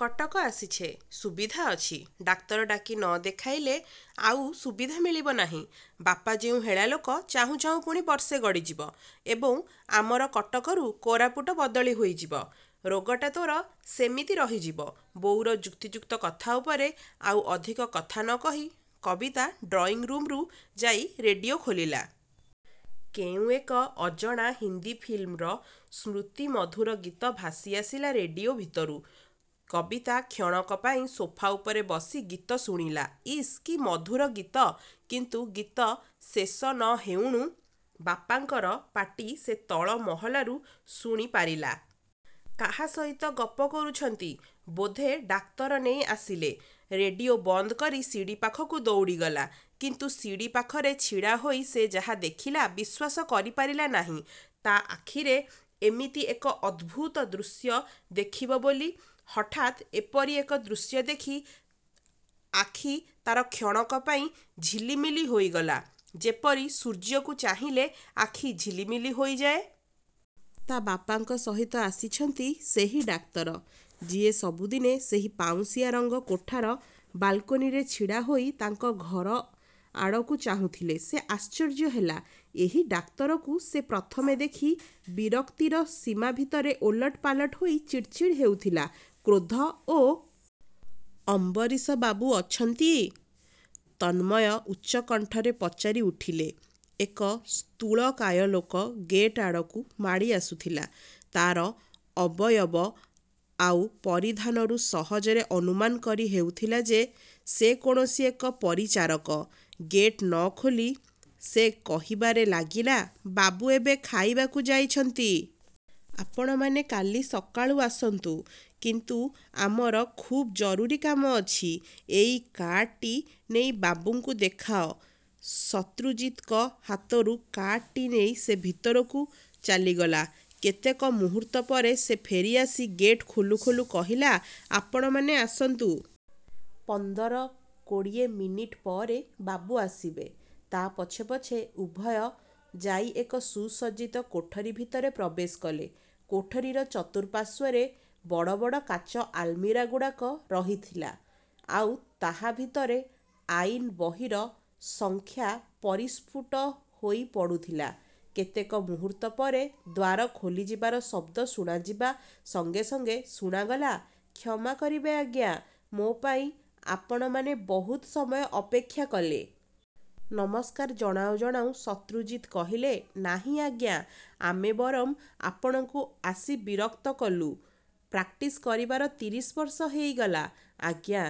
କଟକ ଆସିଛେ, ସୁବିଧା ଅଛି। ଡାକ୍ତର ଡାକି ନ ଦେଖାଇଲେ ଆଉ ସୁବିଧା ମିଳିବ ନାହିଁ। ବାପା ଯେଉଁ ହେଳା ଲୋକ, ଚାହୁଁ ଚାହୁଁ ପୁଣି ବର୍ଷେ ଗଡ଼ିଯିବ ଏବଂ ଆମର କଟକରୁ କୋରାପୁଟ ବଦଳି ହୋଇଯିବ। ରୋଗଟା ତୋର ସେମିତି ରହିଯିବ। ବୋଉର ଯୁକ୍ତିଯୁକ୍ତ କଥା ଉପରେ ଆଉ ଅଧିକ କଥା ନ କହି କବିତା ଡ୍ରଇଁରୁମ୍କୁ ଯାଇ ରେଡ଼ିଓ ଖୋଲିଲା। କେଉଁ ଏକ ଅଜଣା ହିନ୍ଦୀ ଫିଲିମ୍ର ସ୍ମୃତି ମଧୁର ଗୀତ ଭାସି ଆସିଲା ରେଡ଼ିଓ ଭିତରୁ। କବିତା କ୍ଷଣକ ପାଇଁ ସୋଫା ଉପରେ ବସି ଗୀତ ଶୁଣିଲା। ଇସ୍ କି ମଧୁର ଗୀତ। କିନ୍ତୁ ଗୀତ ଶେଷ ନ ହେଉଣୁ ବାପାଙ୍କର ପାଟି ସେ ତଳ ମହଲାରୁ ଶୁଣି ପାରିଲା। କାହା ସହିତ ଗପ କରୁଛନ୍ତି? ବୋଧେ ଡାକ୍ତର ନେଇ ଆସିଲେ। ରେଡ଼ିଓ ବନ୍ଦ କରି ସିଡ଼ି ପାଖକୁ ଦୌଡ଼ିଗଲା। କିନ୍ତୁ ସିଡ଼ି ପାଖରେ ଛିଡ଼ାହୋଇ ସେ ଯାହା ଦେଖିଲା, ବିଶ୍ୱାସ କରିପାରିଲା ନାହିଁ, ତା' ଆଖିରେ ଏମିତି ଏକ ଅଦ୍ଭୁତ ଦୃଶ୍ୟ ଦେଖିବ ବୋଲି। ହଠାତ୍ ଏପରି ଏକ ଦୃଶ୍ୟ ଦେଖି ଆଖି ତା'ର କ୍ଷଣକ ପାଇଁ ଝିଲି ମିଲି ହୋଇଗଲା, ଯେପରି ସୂର୍ଯ୍ୟକୁ ଚାହିଁଲେ ଆଖି ଝିଲି ମିଲି ହୋଇଯାଏ। ତା' ବାପାଙ୍କ ସହିତ ଆସିଛନ୍ତି ସେହି ଡାକ୍ତର, ଯିଏ ସବୁଦିନେ ସେହି ପାଉଁଶିଆ ରଙ୍ଗ କୋଠାର ବାଲକୋନିରେ ଛିଡ଼ା ହୋଇ ତାଙ୍କ ଘର ଆଡ଼କୁ ଚାହୁଁଥିଲେ। ସେ ଆଶ୍ଚର୍ଯ୍ୟ ହେଲା। ଏହି ଡାକ୍ତରକୁ ସେ ପ୍ରଥମେ ଦେଖି ବିରକ୍ତିର ସୀମା ଭିତରେ ଓଲଟ ପାଲଟ ହୋଇ ଚିଡ଼ି ଚିଡ଼ି ହେଉଥିଲା, କ୍ରୋଧ ଓ। 'ଅମ୍ବରୀଶବାବୁ ଅଛନ୍ତି? ' ତନ୍ମୟ ଉଚ୍ଚକଣ୍ଠରେ ପଚାରି ଉଠିଲେ। ଏକ ସ୍ଥୂଳକାୟ ଲୋକ ଗେଟ୍ଆଡ଼କୁ ମାଡ଼ିଆସୁଥିଲା। ତା'ର ଅବୟବ ଆଉ ପରିଧାନରୁ ସହଜରେ ଅନୁମାନ କରି ହେଉଥିଲା ଯେ ସେ କୌଣସି ଏକ ପରିଚାରକ। ଗେଟ୍ ନ ଖୋଲି ସେ କହିବାରେ ଲାଗିଲା, 'ବାବୁ ଏବେ ଖାଇବାକୁ ଯାଇଛନ୍ତି। ଆପଣମାନେ କାଲି ସକାଳୁ ଆସନ୍ତୁ। ' 'କିନ୍ତୁ ଆମର ଖୁବ୍ ଜରୁରୀ କାମ ଅଛି। ଏଇ କାର୍ଡ଼ଟି ନେଇ ବାବୁଙ୍କୁ ଦେଖାଅ। ' ଶତ୍ରୁଜିତଙ୍କ ହାତରୁ କାର୍ଡ଼ଟି ନେଇ ସେ ଭିତରକୁ ଚାଲିଗଲା। କେତେକ ମୁହୂର୍ତ୍ତ ପରେ ସେ ଫେରିଆସି ଗେଟ୍ ଖୋଲୁ ଖୋଲୁ କହିଲା, 'ଆପଣମାନେ ଆସନ୍ତୁ। ପନ୍ଦର କୋଡ଼ିଏ ମିନିଟ୍ପରେ ବାବୁ ଆସିବେ। ' ତା ପଛେ ପଛେ ଉଭୟ ଯାଇ ଏକ ସୁସଜ୍ଜିତ କୋଠରି ଭିତରେ ପ୍ରବେଶ କଲେ। କୋଠରିର ଚତୁଃପାର୍ଶ୍ୱରେ ବଡ଼ ବଡ଼ କାଚ ଆଲମିରାଗୁଡ଼ିକ ରହିଥିଲା। ଆଉ ତାହା ଭିତରେ ଆଇନ ବହିର ସଂଖ୍ୟା ପରିସ୍ଫୁଟ ହୋଇପଡ଼ୁଥିଲା। କେତେକ ମୁହୂର୍ତ୍ତ ପରେ ଦ୍ୱାର ଖୋଲିଯିବାର ଶବ୍ଦ ଶୁଣାଯିବା ସଙ୍ଗେ ସଙ୍ଗେ ଶୁଣାଗଲା, 'କ୍ଷମା କରିବେ ଆଜ୍ଞା, ମୋ ପାଇଁ ଆପଣମାନେ ବହୁତ ସମୟ ଅପେକ୍ଷା କଲେ। ' ନମସ୍କାର ଜଣାଉ ଜଣାଉ ଶତ୍ରୁଜିତ କହିଲେ, ନାହିଁ ଆଜ୍ଞା, ଆମେ ବରଂ ଆପଣଙ୍କୁ ଆସି ବିରକ୍ତ କଲୁଁ। ପ୍ରାକ୍ଟିସ କରିବାର ତିରିଶ ବର୍ଷ ହେଇଗଲା, ଆଜ୍ଞା!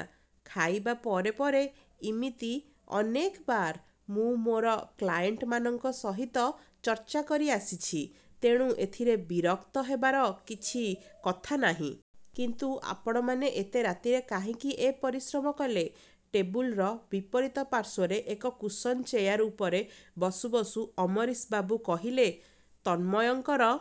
ଖାଇବା ପରେ ପରେ ଇମିତି ଅନେକବାର ମୁଁ ମୋର କ୍ଲାଏଣ୍ଟମାନଙ୍କ ସହିତ ଚର୍ଚ୍ଚା କରିଆସିଛି। ତେଣୁ ଏଥିରେ ବିରକ୍ତ ହେବାର କିଛି କଥା ନାହିଁ। କିନ୍ତୁ ଆପଣମାନେ ଏତେ ରାତିରେ କାହିଁକି ଏ ପରିଶ୍ରମ କଲେ? ଟେବୁଲର ବିପରୀତ ପାର୍ଶ୍ୱରେ ଏକ କୁସନ ଚେୟାର ଉପରେ ବସୁ ବସୁ ଅମ୍ବରୀଶବାବୁ କହିଲେ। ତନ୍ମୟଙ୍କର